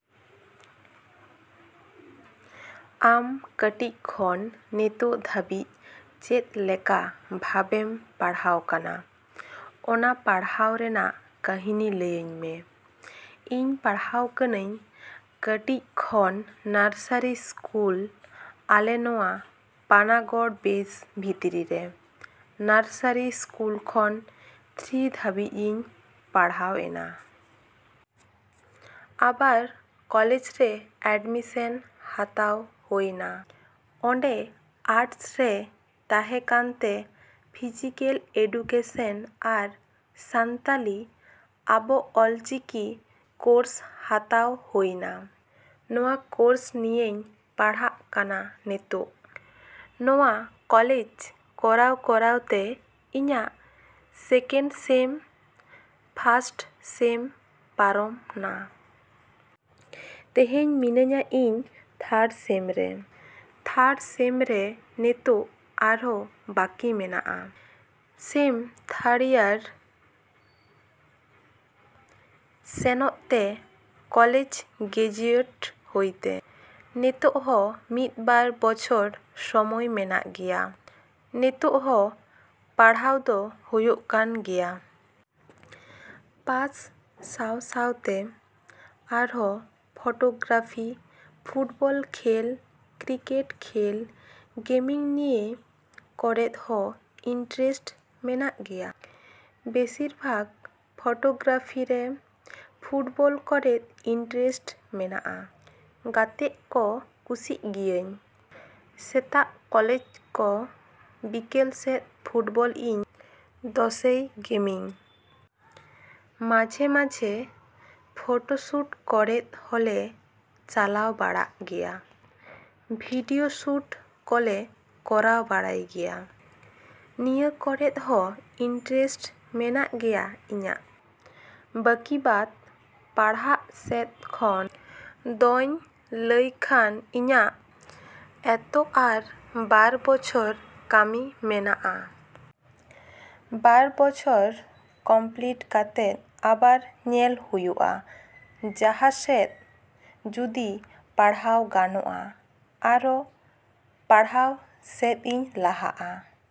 ᱟᱢ ᱠᱟᱹᱴᱤᱡ ᱠᱷᱚᱱ ᱱᱤᱛᱚᱜ ᱫᱷᱟᱹᱵᱤᱡ ᱪᱮᱫ ᱞᱮᱠᱟ ᱵᱷᱟᱵᱽᱮᱢ ᱯᱟᱲᱦᱟᱣ ᱠᱟᱱᱟ, ᱚᱱᱟ ᱯᱟᱲᱦᱟᱣ ᱨᱮᱭᱟᱜ ᱠᱟᱹᱦᱱᱤ ᱞᱟᱹᱭᱤᱧ ᱢᱮ᱾ ᱤᱧ ᱯᱟᱲᱦᱟᱣ ᱠᱟᱹᱱᱟᱹᱧ ᱠᱟᱹᱴᱤᱡ ᱠᱷᱚᱱ ᱱᱟᱨᱥᱟᱨᱤ ᱥᱠᱩᱞ ᱟᱞᱮ ᱱᱚᱣᱟ ᱯᱟᱱᱟᱜᱚᱲ ᱵᱮᱥ ᱵᱷᱤᱛᱨᱤ ᱨᱮ᱾ ᱱᱟᱨᱥᱟᱨᱤ ᱥᱠᱩᱞ ᱠᱷᱚᱱ ᱛᱷᱨᱤ ᱫᱷᱟᱹᱵᱤᱡ ᱤᱧ ᱯᱟᱲᱦᱟᱣ ᱮᱱᱟ᱾ ᱟᱵᱟᱨ ᱠᱚᱞᱮᱡᱽ ᱨᱮ ᱮᱰᱢᱤᱥᱮᱱ ᱦᱟᱛᱟᱣ ᱦᱩᱭ ᱱᱟ᱾ ᱚᱸᱰᱮ ᱟᱨᱴᱥ ᱨᱮ ᱛᱟᱦᱮᱸ ᱠᱟᱱᱛᱮ ᱯᱷᱤᱡᱤᱠᱮᱞ ᱮᱰᱩᱠᱮᱥᱮᱱ ᱟᱨ ᱥᱟᱱᱛᱟᱞᱤ ᱟᱵᱚ ᱚᱞᱪᱤᱠᱤ ᱠᱳᱨᱥ ᱦᱟᱛᱟᱣ ᱦᱩᱭ ᱱᱟ᱾ ᱱᱚᱣᱟ ᱠᱳᱨᱥ ᱱᱤᱭᱮᱧ ᱯᱟᱲᱦᱟᱜ ᱠᱟᱱᱟ ᱱᱤᱛᱚᱜ᱾ ᱱᱚᱣᱟ ᱠᱚᱞᱮᱡᱽ ᱠᱚᱨᱟᱣ-ᱠᱚᱨᱟᱣ ᱛᱮ ᱤᱧᱟᱹᱜ ᱥᱮᱠᱮᱱᱰ ᱥᱮᱢ, ᱯᱷᱟᱥᱴ ᱥᱮᱢ ᱯᱟᱨᱚᱢ ᱱᱟ᱾ ᱛᱮᱦᱮᱧ ᱢᱤᱱᱟᱹᱧᱟ ᱤᱧ ᱛᱷᱟᱨᱰ ᱥᱮᱢ ᱨᱮ᱾ ᱛᱷᱟᱨᱰ ᱥᱮᱢ ᱨᱮ ᱱᱤᱛᱚᱜ ᱟᱨᱚ ᱵᱟᱠᱤ ᱢᱮᱱᱟᱜᱼᱟ ᱥᱮᱢ ᱛᱷᱟᱨᱰ ᱤᱭᱟᱨ ᱥᱮᱱᱚᱜ ᱛᱮ ᱠᱚᱞᱮᱡᱽ ᱜᱨᱮᱡᱩᱭᱮᱴ ᱦᱩᱭ ᱛᱮ᱾ ᱱᱤᱛᱚᱜ ᱦᱚᱸ ᱢᱤᱫ ᱵᱟᱨ ᱵᱚᱪᱷᱚᱨ ᱥᱚᱢᱚᱭ ᱢᱮᱱᱟᱜ ᱜᱮᱭᱟ᱾ ᱱᱤᱛ ᱦᱚᱸ ᱯᱟᱲᱦᱟᱣ ᱫᱚ ᱦᱩᱭᱩᱜ ᱠᱟᱱ ᱜᱮᱭᱟ᱾ ᱯᱟᱥ ᱥᱟᱶ ᱥᱟᱶᱛᱮ ᱟᱨᱚ ᱯᱷᱳᱴᱳᱜᱨᱟᱯᱷᱤ, ᱯᱷᱩᱴᱵᱚᱞ ᱠᱷᱮᱞ, ᱠᱤᱨᱠᱮᱴ ᱠᱷᱮᱞ, ᱜᱮᱢᱤᱝ ᱱᱤᱭᱟᱹ ᱠᱚᱨᱮᱫ ᱦᱚᱸ ᱤᱱᱴᱟᱨᱮᱥᱴ ᱢᱮᱱᱟᱜ ᱜᱮᱭᱟ᱾ ᱵᱮᱥᱤᱨ ᱵᱷᱟᱜᱽ ᱯᱷᱳᱴᱳᱜᱨᱟᱯᱷᱤ ᱨᱮ, ᱯᱷᱩᱴᱵᱚᱞ ᱠᱚᱨᱮᱫ ᱤᱱᱴᱟᱨᱮᱥᱴ ᱢᱮᱱᱟᱜᱼᱟ᱾ ᱜᱟᱛᱮᱜ ᱠᱚ ᱠᱩᱥᱤᱜ ᱜᱤᱭᱟᱹᱧ ᱥᱮᱛᱟᱜ ᱠᱚᱞᱮᱡᱽ ᱠᱚ ᱵᱤᱠᱮᱞ ᱥᱮᱫ ᱯᱷᱩᱴᱵᱚᱞ ᱤᱧ ᱫᱚᱥᱮᱭ ᱜᱮᱢᱤᱝ᱾ ᱢᱟᱡᱷᱮᱼᱢᱟᱡᱷᱮ ᱯᱷᱳᱴᱳᱥᱩᱴ ᱠᱚᱨᱮ ᱦᱚᱸᱞᱮ ᱪᱟᱞᱟᱣ ᱵᱟᱲᱟᱜ ᱜᱮᱭᱟ᱾ ᱵᱷᱤᱰᱤᱭᱳ ᱥᱩᱴ ᱠᱚᱞᱮ ᱠᱚᱨᱟᱣ ᱵᱟᱲᱟᱭ ᱜᱮᱭᱟ᱾ ᱱᱤᱭᱟᱹ ᱠᱚᱨᱮᱫ ᱦᱚᱸ ᱤᱱᱴᱨᱮᱥᱴ ᱢᱮᱱᱟᱜ ᱜᱮᱭᱟ ᱤᱧᱟᱹᱜ᱾ ᱵᱟᱹᱠᱤ ᱵᱟᱫᱽ ᱯᱟᱲᱦᱟᱜ ᱥᱮᱫ ᱠᱷᱚᱱ ᱫᱚᱧ ᱞᱟᱹᱭ ᱠᱷᱟᱱ ᱤᱧᱟᱹᱜ ᱮᱛᱚ ᱟᱨ ᱵᱟᱨ ᱵᱚᱪᱷᱚᱨ ᱵᱟᱹᱠᱤ ᱢᱮᱱᱟᱜᱼᱟ᱾ ᱵᱟᱨ ᱵᱚᱪᱷᱚᱨ ᱠᱚᱢᱯᱞᱤᱴ ᱠᱟᱛᱮᱫ ᱟᱵᱟᱨ ᱧᱮᱞ ᱦᱩᱭᱩᱜᱼᱟ ᱡᱟᱦᱟᱸ ᱥᱮᱫ ᱡᱩᱫᱤ ᱯᱟᱲᱦᱟᱣ ᱜᱟᱱᱚᱜᱼᱟ ᱟᱨᱚ ᱯᱟᱲᱦᱟᱜ ᱥᱮᱫ ᱤᱧ ᱞᱟᱦᱟᱜᱼᱟ᱾